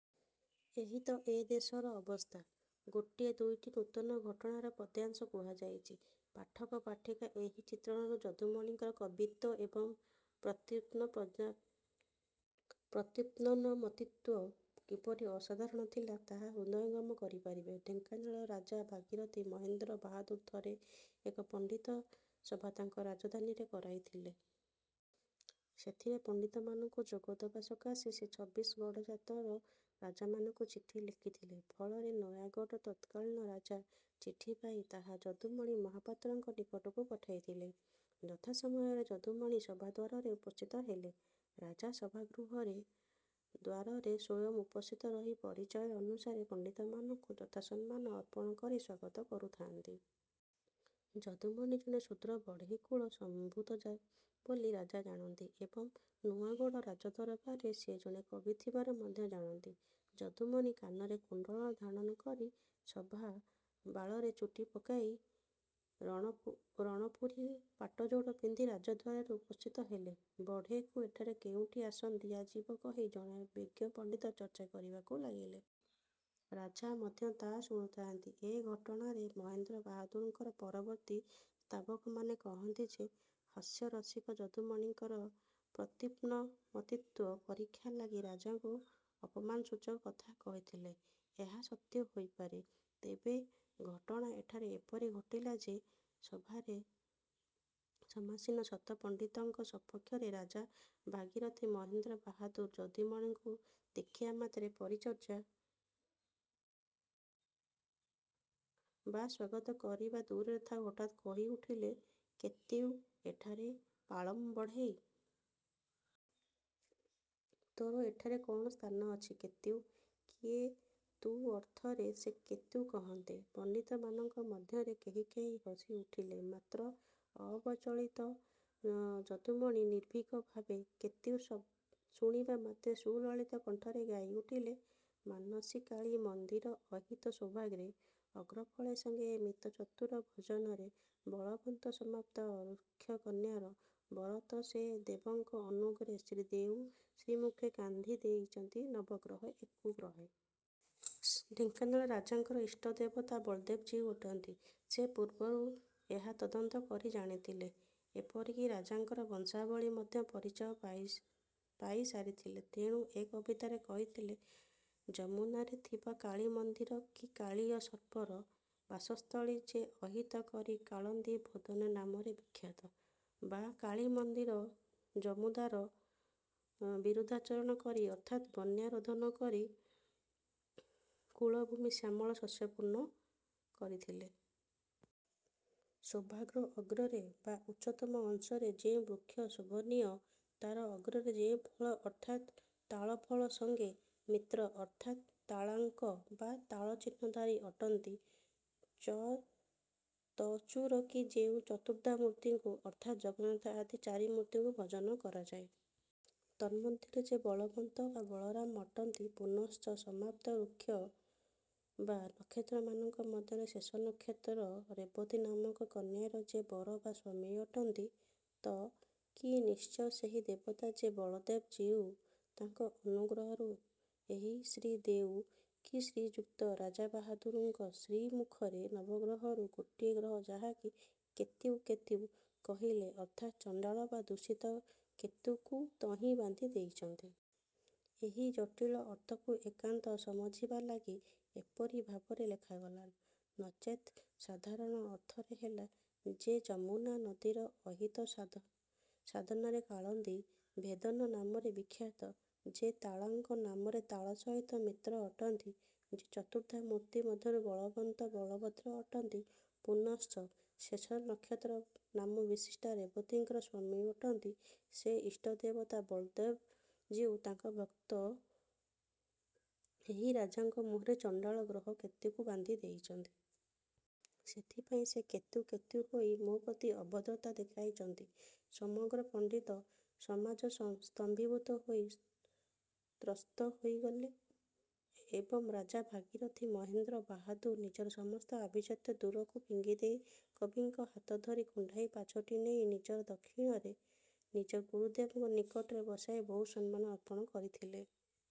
ଏହିତ ଏ ଦେଶର ଅବସ୍ଥା! ଗୋଟିଏ ଦୁଇଟି ନୂତନ ଘଟଣାର ପଦ୍ୟାଂଶ କୁହାଯାଉଛି। ପାଠକ ପାଠିକା ଏହି ଚିତ୍ରଣରୁ ଯଦୁମଣିଙ୍କର କବିତ୍ୱ ଏବଂ ପ୍ରତ୍ୟୁତ୍ପନ୍ନମତିତ୍ୱ କିପରି ଅସାଧାରଣ ଥିଲା, ତାହା ହୃଦୟଙ୍ଗମ କରିପାରିବେ। ଢ଼େଙ୍କାନାଳର ରାଜା ଭାଗୀରଧି ମହେନ୍ଦ୍ର ବାହାଦୁର ଥରେ ଏକ ପଣ୍ଡିତ ସଭା ତାଙ୍କ ରାଜଧାନୀରେ କରାଇଥିଲେ। ସେଥିରେ ପଣ୍ଡିତମାନଙ୍କୁ ଯୋଗ ଦେବା ସକାଶେ ସେ ଛବିଶ ଗଡ଼ଜାତର ରାଜାମାନଙ୍କୁ ଚିଠି ଲେଖିଥିଲେ। ଫଳରେ ନୟାଗଡ଼ର ତତ୍କାଳୀନ ରାଜା ଚିଠିପାଇ ତାହା ଯଦୁମଣି ମହାପାତ୍ରଙ୍କ ନିକଟକୁ ପଠାଇଥିଲେ। ଯଥାସମୟରେ ଯଦୁମଣି ସଭାଦ୍ୱାରରେ ଉପସ୍ଥିତ ହେଲେ। ରାଜା ସଭାଗୃହର ଦ୍ୱାରରେ ସ୍ୱୟଂ ଉପସ୍ଥିତ ରହି ପରିଚୟ ଅନୁସାରେ ପଣ୍ଡିତମାନଙ୍କୁ ଯଥା ସମ୍ମାନ ଅର୍ପଣ କରି ସ୍ୱାଗତ କରୁଥାନ୍ତି। ଯଦୁମଣି ଜଣେ ଶୂଦ୍ର ବଢ଼େଇକୁଳ ସମ୍ଭୂତ ବୋଲି ରାଜା ଜାଣନ୍ତି ଏବଂ ନୂଆଗଡ଼ ରାଜଦରବାରରେ ସେ ଜଣେ କବି ଥିବାର ମଧ୍ୟ ଜାଣନ୍ତି। ଯଦୁମଣି କାନରେ କୁଣ୍ଡଳ ଧାରଣ କରି, ସଭା ବାଳରେ ଚୁଟି ପକେଇ, ରଣପୁରୀ ପାଟଯୋଡ଼ ପିନ୍ଧି ରାଜଦ୍ୱାରରେ ଉପସ୍ଥିତ ହେଲେ। ବଢ଼େଇକୁ ଏଠାରେ କେଉଁଠି ଆସନ ଦିଆଯିବ କେହି କେହି ବିଜ୍ଞ ପଣ୍ଡିତ ଚର୍ଚ୍ଚା କରିବାକୁ ଲାଗିଲେ। ରାଜା ମଧ୍ୟ ତା ଶୁଣୁଥାନ୍ତି। ଏ ଘଟଣାରେ ମହେନ୍ଦ୍ର ବାହାଦୁରଙ୍କର ପରବର୍ତ୍ତୀ ସ୍ତାବକମାନେ କହିଥାନ୍ତି ଯେ ହାସ୍ୟରସିକ ଯଦୁମଣିଙ୍କର ପ୍ରତ୍ୟୁତ୍ପନ୍ନମତିତ୍ୱ ପରୀକ୍ଷା ଲାଗି ରାଜା ତାଙ୍କୁ ଅପମାନ ସୂଚକ କଥା କହିଥିଲେ। ଏହା ସତ୍ୟ ହୋଇପାରେ। ତେବେ ଘଟଣା ଏଠାରେ ଏପରି ଘଟିଲା ଯେ ସଭାରେ ସମାସୀନ ଶତ ପଣ୍ଡିତଙ୍କ ସପକ୍ଷରେ ରାଜା ଭଗୀରଥି ମହେନ୍ଦ୍ର ବାହାଦୁର ଯଦୁମଣିଙ୍କୁ ଦେଖିବା ମାତ୍ରେ ପରିଚର୍ଯ୍ୟା ବା ସ୍ୱାଗତ କରିବା ଦୂରେ ଥାଉ ହଠାତ୍ କହି ଉଠିଲେ- କ୍ୟେତୁ ଏଠାରେ ପାଂଳ ବଢ଼େଇ? ତୋର ଏଠାରେ କ'ଣ ସ୍ଥାନ ଅଛି। କ୍ୟେତୁ? କିଏ ତୁ ଅର୍ଥରେ ସେ କ୍ୟେତୁ କହନ୍ତେ, ପଣ୍ଡିତମାନଙ୍କ ମଧ୍ୟରୁ କେହି କେହି ହସି ଉଠିଲେ-। ମାତ୍ର ଅବିଚଳିତ ଯଦୁମଣି ନିର୍ଭୀକ ଭାବରେ 'କ୍ୟେତୁ' ଶୁଣିବା ମାତ୍ରେ ସୁଲଳିତ କଣ୍ଠରେ ଗାଇ ଉଠିଲେ- ମନାସି କାଳୀ ମନ୍ଦିର ଅହିତ ଶୋଭାଗ୍ର ଅଗ୍ରଫଳ ସଙ୍ଗେ ମିତ ଚତୁର ଭଜନରେ ବଳବନ୍ତ ସମାପ୍ତ ଋକ୍ଷ କନ୍ୟାର ବରତ ସେ ଦେବଙ୍କ ଅନୁଗ୍ରହେ ଶ୍ରୀ ଦେଉ ଶ୍ରୀମୁଖେ କାନ୍ଧି ଦେଇଛନ୍ତି ନବଗ୍ରହୁ ଏକ ଗ୍ରହେ। ଢେଙ୍କାନାଳ ରାଜାଙ୍କର ଇଷ୍ଟଦେବତା ବଳଦେବ ଜୀଉ ଅଟନ୍ତି। ସେ ପୂର୍ବରୁ ଏହା ତଦନ୍ତ କରି ଜାଣିଥିଲେ। ଏପରି କି ରାଜାଙ୍କର ବଂଶାବଳୀର ମଧ୍ୟ ପରିଚୟ ପାଇ ସାରିଥିଲେ। ତେଣୁ ଏ କବିତାରେ କହିଲେ- ଯମୁନାରେ ଥିବା କାଳୀ ମନ୍ଦିର କି କାଳୀୟ ସର୍ପର ବାସସ୍ଥଳୀର ଯେ ଅହିତ କରି କାଳିନ୍ଦି ଭେଦନ ନାମରେ ବିଖ୍ୟାତ, ବା କାଳୀ ମନ୍ଦିର ଯମୁଦାର ବିରୁଦ୍ଧାଚରଣ କରି ଅର୍ଥାତ୍ ବନ୍ୟାରୋଧନ କରି କୂଳଭୂମି ଶ୍ୟାମଳ ଶସ୍ୟପୂର୍ଣ୍ଣ କରିଥିଲେ। ଶୋଭାଗ୍ର ଅଗ୍ରରେ ବା ଉଚ୍ଚତମ ଅଂଶରେ ଯେଉଁ ବୃକ୍ଷ ଶୋଭନୀୟ ତାର ଅଗ୍ରରେ ଯେଉଁ ଫଳ ଅର୍ଥାତ୍ ତାଳଫଳ ସଙ୍ଗେ ସେ ମିତ୍ର ଅର୍ଥାତ୍ ''ତାଳାଙ୍କ" ବା ତାଳ ଚିହ୍ନଧାରୀ ଅଟନ୍ତି। ତଚୁର କି ଯେଉଁ ଚତୁର୍ଦ୍ଧାମୂର୍ତ୍ତିକୁ ଅର୍ଥାତ୍ ଜଗନ୍ନାଥ ଆଦି ଚାରିମୂର୍ତ୍ତିଙ୍କୁ ଭଜନ କରାଯାଏ, ତନ୍ମମଧ୍ୟରେ ଯେ ବଳବନ୍ତ ବା ବଳରାମ ଅଟନ୍ତି ପୁନଶ୍ଚ ସମାପ୍ତ ଋକ୍ଷ ବା ନକ୍ଷତ୍ରମାନଙ୍କ ମଧ୍ୟରେ ଶେଷ ନକ୍ଷତ୍ର ରେବତୀ ନାମକ କନ୍ୟାର ଯେ ବର ବା ସ୍ୱାମୀ ଅଟନ୍ତି 'ତ' କି ନିଶ୍ଚୟ ସେହି ଦେବତା ଯେ ବଳଦେବ ଜୀଉ ତାଙ୍କ ଅନୁଗ୍ରହରୁ ଏହି ଶ୍ରୀ ଦେଉ କି ଶ୍ରୀଯୁକ୍ତ ରାଜା ବାହାଦୁରଙ୍କ ଶ୍ରୀ ମୁଖରେ ନବଗ୍ରହରୁ ଗୋଟିଏ ଗ୍ରହ ଯାହାକି ସେ ''କ୍ୟେତୁ କ୍ୟେତୁ" କହିଲେ ଅର୍ଥାତ ଚଣ୍ଡାଳ ବା ଦୂଷିତ ଗ୍ରହ କେତୁକୁ ତହିଁ ବାନ୍ଧି ଦେଇଛନ୍ତି। ଏହି ଜଟୀଳ ଅର୍ଥକୁ ଏକାନ୍ତ ସମଝିବା ଲାଗି ଏପରି। ଭାବରେ ଲେଖାଗଲା। ନଚେତ୍ ସାଧାରଣ ଅର୍ଥରେ ହେଲା- ଯେ ଯମୁନା ନଦୀର ଅହିତ ସାଧାନରେ କାଳୀନ୍ଦି−ଭେଦନ ନାମରେ ବିଖ୍ୟାତ, ଯେ ତାଳାଙ୍କ ନାମରେ ତାଳ ସହିତ ମିତ୍ର ଅଟନ୍ତି, ଯେ ଚତୁର୍ଦ୍ଧାମୂର୍ତ୍ତି ମଧ୍ୟରୁ ବଳବନ୍ତ ବଳଭଦ୍ର ଅଟନ୍ତି ପୁନଶ୍ଚ ଯେ ଶେଷ ନକ୍ଷତ୍ର ନାମ ବିଶିଷ୍ଟା ରେବତୀଙ୍କର ସ୍ୱାମୀ ଅଟନ୍ତି, ସେଇ ଇଷ୍ଟଦେବତା ବଳଦେବ ଜୀଉ ତାଙ୍କ ଭକ୍ତ ଏହି ରାଜାଙ୍କ ମୁହଁରେ ଚଣ୍ଡାଳ ଗ୍ରହ କେତୁକୁ ବାନ୍ଧି ଦେଇଛନ୍ତି। ସେଥିପାଇଁ ସେ କ୍ୟେତୁ କ୍ୟେତୁ ହୋଇ ମୋ ପ୍ରତି ଅଭଦ୍ରତା ଦେଖାଇଛନ୍ତି। ସମଗ୍ର ପଣ୍ଡିତ ସମାଜ ସ୍ତମ୍ଭୀଭୂତ ହୋଇ ତ୍ରସ୍ତ ହୋଇଗଲେ ଏବଂ ରାଜା ଭାଗୀରଥି ମହେନ୍ଦ୍ର ବାହାଦୁର ନିଜର ସମସ୍ତ ଅଭିଜାତ୍ୟ ଦୂରକୁ ଫିଙ୍ଗିଦେଇ କବିଙ୍କ ହାତଧରି କୁଣ୍ଢାଇ ପାଛୋଟି ନେଇ ନିଜର ଦକ୍ଷିଣରେ ନିଜର ଗୁରୁଦେବଙ୍କ ନିକଟରେ ବସାଇ ବହୁ ସମ୍ମାନ ଅର୍ପଣ କରିଥିଲେ।